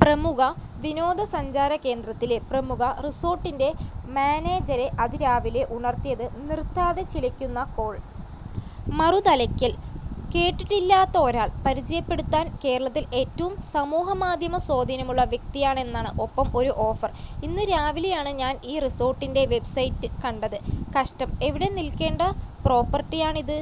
പ്രമുഖ വിനോദ സഞ്ചാര കേന്ദ്രത്തിലെ പ്രമുഖ റിസോർട്ടിൻ്റെ മാനേജരെ അതിരാവിലെ ഉണർത്തിയത് നിർത്താതെ ചിലയ്ക്കുന്ന കോൾ. മറുതലയ്ക്കൽ കേട്ടിട്ടില്ലാത്ത ഒരാൾ. പരിചയപ്പെടുത്തൽ കേരളത്തിൽ ഏറ്റവും സമൂഹമാധ്യമ സ്വാധീനമുള്ള വ്യക്തിയാണെന്നാണ്. ഒപ്പം ഒരു ഓഫർ. ഇന്നു രാവിലെയാണ് ഞാൻ ഈ റിസോർട്ടിൻ്റെ വെബ്സൈറ്റ് കണ്ടത്. കഷ്ടം, എവിടെ നിൽക്കേണ്ട പ്രോപ്പർട്ടിയാണിത്.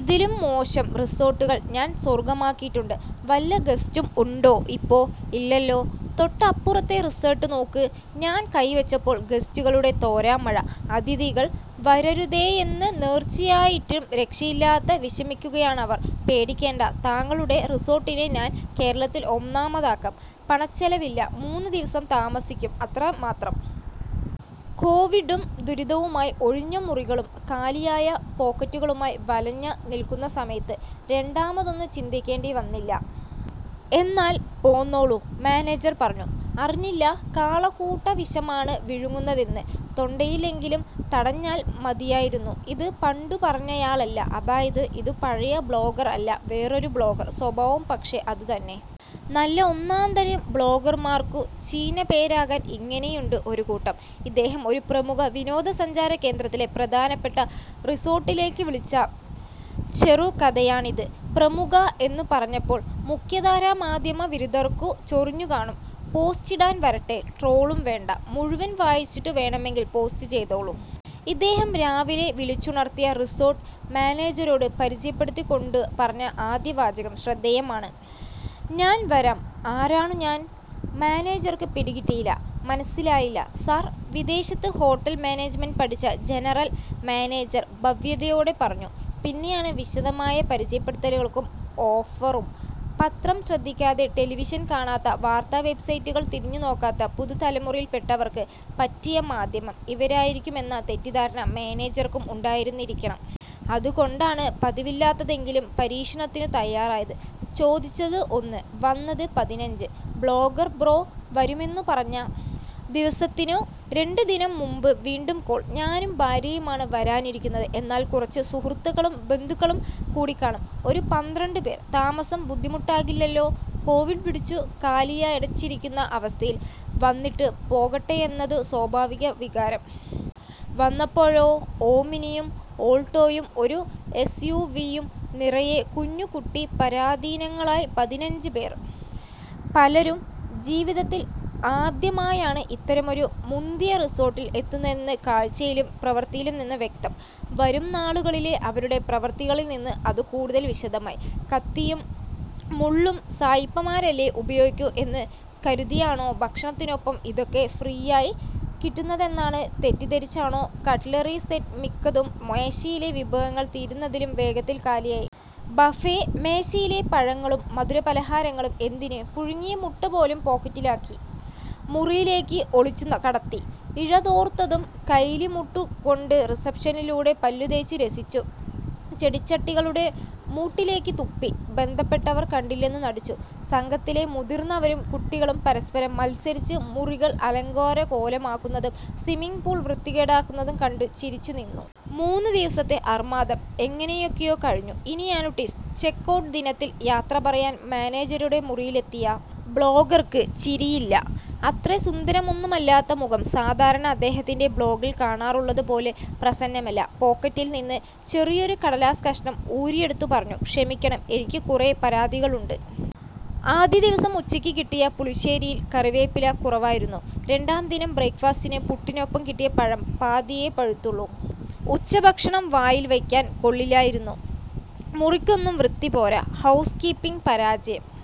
ഇതിലും മോശം റിസോർട്ടുകൾ ഞാൻ സ്വർഗമാക്കിയിട്ടുണ്ട്. വല്ല ഗസ്റ്റും ഉണ്ടോ ഇപ്പോ? ഇല്ലല്ലോ? തൊട്ടപ്പുറത്തെ റിസോർട്ട് നോക്ക്. ഞാൻ കൈ വച്ചപ്പോൾ ഗസ്റ്റുകളുടെ തോരാമഴ. അതിഥികൾ വരരുതേയെന്നു നേർച്ചയിട്ടിട്ടും രക്ഷയില്ലാതെ വിഷമിക്കയാണവർ. പേടിക്കേണ്ട, താങ്കളുടെ റിസോർട്ടിനെ ഞാൻ കേരളത്തിൽ ഒന്നാമതാക്കാം. പണച്ചെലവില്ല. മൂന്നു ദിവസം താമസിക്കും, അത്ര മാത്രം. കോവിഡും ദുരിതവുമായി ഒഴിഞ്ഞ മുറികളും കാലിയായ പോക്കറ്റുകളുമായി വലഞ്ഞു നിൽക്കുന്ന സമയത്ത് രണ്ടാമതൊന്നു ചിന്തിക്കേണ്ടി വന്നില്ല. എന്നാൽ പോന്നോളൂ മാനേജർ പറഞ്ഞു. അറിഞ്ഞില്ല, കാളകൂടവിഷമാണ് വിഴുങ്ങുന്നതെന്ന്. തൊണ്ടയിലെങ്കിലും തടഞ്ഞാൽ മതിയായിരുന്നു. ഇത് പണ്ടു പറഞ്ഞയാളല്ല, അതായത് ഇതു പഴയ ബ്ലോഗർ അല്ല. വേറൊരു ബ്ലോഗർ. സ്വഭാവം പക്ഷേ അതുതന്നെ. നല്ലൊന്നാന്തരം ബ്ലോഗർമാർക്കു ചീത്തപ്പേരാകാൻ ഇങ്ങനെയുണ്ട് ഒരു കൂട്ടം. ഇദ്ദേഹം ഒരു പ്രമുഖ വിനോദ സഞ്ചാര കേന്ദ്രത്തിലെ പ്രധാനപ്പെട്ട റിസോർട്ടിലേക്കു വിളിച്ച ചെറുകഥയാണിത്. പ്രമുഖ എന്നു പറഞ്ഞപ്പോൾ മുഖ്യധാരാ മാധ്യമ വിരുദ്ധർക്കു ചൊറിഞ്ഞു കാണും. പോസ്റ്റിടാൻ വരട്ടെ, ട്രോളും വേണ്ട. മുഴുവൻ വായിച്ചിട്ടു വേണമെങ്കിൽ പോസ്റ്റ് ചെയ്തോളൂ. ഇദ്ദേഹം രാവിലെ വിളിച്ചുണർത്തിയ റിസോർട്ട് മാനേജരോട് പരിചയപ്പെടുത്തിക്കൊണ്ടു പറഞ്ഞ ആദ്യ വാചകം ശ്രദ്ധേയമാണ്. ഞാൻ വരാം. ആരാണു ഞാൻ? മാനേജർക്കു പിടികിട്ടിയില്ല. മനസ്സിലായില്ല സാർ. വിദേശത്ത് ഹോട്ടൽ മാനേജ്മെൻ്റ് പഠിച്ച ജനറൽ മാനേജർ ഭവ്യതയോടെ പറഞ്ഞു. പിന്നെയാണ് വിശദമായ പരിചയപ്പെടുത്തലും ഓഫറും. പത്രം ശ്രദ്ധിക്കാത്ത, ടെലിവിഷൻ കാണാത്ത, വാർത്താ വെബ്സൈറ്റുകൾ തിരിഞ്ഞു നോക്കാത്ത പുതുതലമുറയിൽപ്പെട്ടവർക്ക് പറ്റിയ മാധ്യമം ഇവരായിരിക്കുമെന്ന തെറ്റിദ്ധാരണ മാനേജർക്കും ഉണ്ടായിരുന്നിരിക്കണം. അതുകൊണ്ടാണ് പതിവില്ലാത്തതെങ്കിലും പരീക്ഷണത്തിനു തയാറായത്. ചോദിച്ചത് ഒന്ന്, വന്നത് പതിനഞ്ച്. ബ്ലോഗർ ബ്രോ വരുമെന്നു പറഞ്ഞ ദിവസത്തിനു രണ്ടു ദിനം മുമ്പ് വീണ്ടും കോൾ. ഞാനും ഭാര്യയുമാണ് വരാനിരുന്നത്. എന്നാൽ കുറച്ചു സുഹൃത്തുക്കളും ബന്ധുക്കളും കൂടിക്കാണും. ഒരു പന്ത്രണ്ട് പേർ. താമസം ബുദ്ധിമുട്ടാകില്ലല്ലോ? കോവിഡ് പിടിച്ചു കാലിയടിച്ചിരിക്കുന്ന അവസ്ഥയിൽ വന്നിട്ടു പോകട്ടെയെന്നതു സ്വാഭാവിക വികാരം. വന്നപ്പോഴോ? ഓമ്നിയും ഓൾട്ടോയും ഒരു എസ് യു വി യും നിറയെ കുഞ്ഞുകുട്ടി പരാധീനങ്ങളായി പതിനഞ്ച് പേർ. പലരും ജീവിതത്തിൽ ആദ്യമായാണ് ഇത്തരമൊരു മുന്തിയ റിസോർട്ടിൽ എത്തുന്നതെന്നു കാഴ്ചയിലും പ്രവൃത്തിയിലും നിന്ന് വ്യക്തം. വരും നാളുകളിലെ അവരുടെ പ്രവൃത്തികളിൽ നിന്ന് അതു കൂടുതൽ വിശദമായി. കത്തിയും മുള്ളും സായിപ്പന്മാരല്ലേ ഉപയോഗിക്കൂ എന്നു കരുതിയാണോ ഭക്ഷണത്തിനൊപ്പം ഇതൊക്കെ ഫ്രീയായി കിട്ടുന്നതാണെന്നു തെറ്റിദ്ധരിച്ചാണോ കട്ലറി സെറ്റ് മിക്കതും മേശയിലെ വിഭവങ്ങൾ തീരുന്നതിലും വേഗത്തിൽ കാലിയായി. ബഫെ മേശയിലെ പഴങ്ങളും മധുര പലഹാരങ്ങളും എന്തിന്, പുഴുങ്ങിയ മുട്ട പോലും പോക്കറ്റിലാക്കി മുറിയിലേക്ക് ഒളിച്ചു കടത്തി. ഇഴത്തോർത്തും കൈലിമുണ്ടുമുടുത്ത് റിസപ്ഷനിലൂടെ പല്ലു തേച്ചു രസിച്ചു. ചെടിച്ചട്ടികളുടെ മൂട്ടിലേക്ക് തുപ്പി. ബന്ധപ്പെട്ടവർ കണ്ടില്ലെന്നു നടിച്ചു. സംഘത്തിലെ മുതിർന്നവരും കുട്ടികളും പരസ്പരം മത്സരിച്ച് മുറികൾ അലങ്കോലമാക്കുന്നതും സ്വിമ്മിങ് പൂൾ വൃത്തികേടാക്കുന്നതും കണ്ടു ചിരിച്ചു നിന്നു. മൂന്നു ദിവസത്തെ അർമാദം എങ്ങനെയൊക്കെയോ കഴിഞ്ഞു. ഇനിയാണ് ട്വിസ്റ്റ്. ചെക്ക് ഔട്ട് ദിനത്തിൽ യാത്ര പറയാൻ മാനേജരുടെ മുറിയിലെത്തിയ ബ്ലോഗർക്ക് ചിരിയില്ല. അത്ര സുന്ദരമൊന്നുമല്ലാത്ത മുഖം സാധാരണ അദ്ദേഹത്തിൻ്റെ ബ്ലോഗിൽ കാണാറുള്ളതു പോലെ പ്രസന്നമല്ല. പോക്കറ്റിൽ നിന്ന് ചെറിയൊരു കടലാസ് കഷണം ഊരിയെടുത്തു പറഞ്ഞു. ക്ഷമിക്കണം, എനിക്കു കുറേ പരാതികളുണ്ട്. ആദ്യ ദിവസം ഉച്ചയ്ക്കു കിട്ടിയ പുളിശ്ശേരിയിൽ കറിവേപ്പില കുറവായിരുന്നു. രണ്ടാം ദിനം ബ്രേക്ക് ഫാസ്റ്റിന് പുട്ടിനൊപ്പം കിട്ടിയ പഴം പാതിയേ പഴുത്തുള്ളൂ. ഉച്ചഭക്ഷണം വായിൽ വയ്ക്കാൻ കൊള്ളില്ലായിരുന്നു. മുറിക്കൊന്നും വൃത്തി പോരാ. ഹൗസ് കീപ്പിങ് പരാജയം.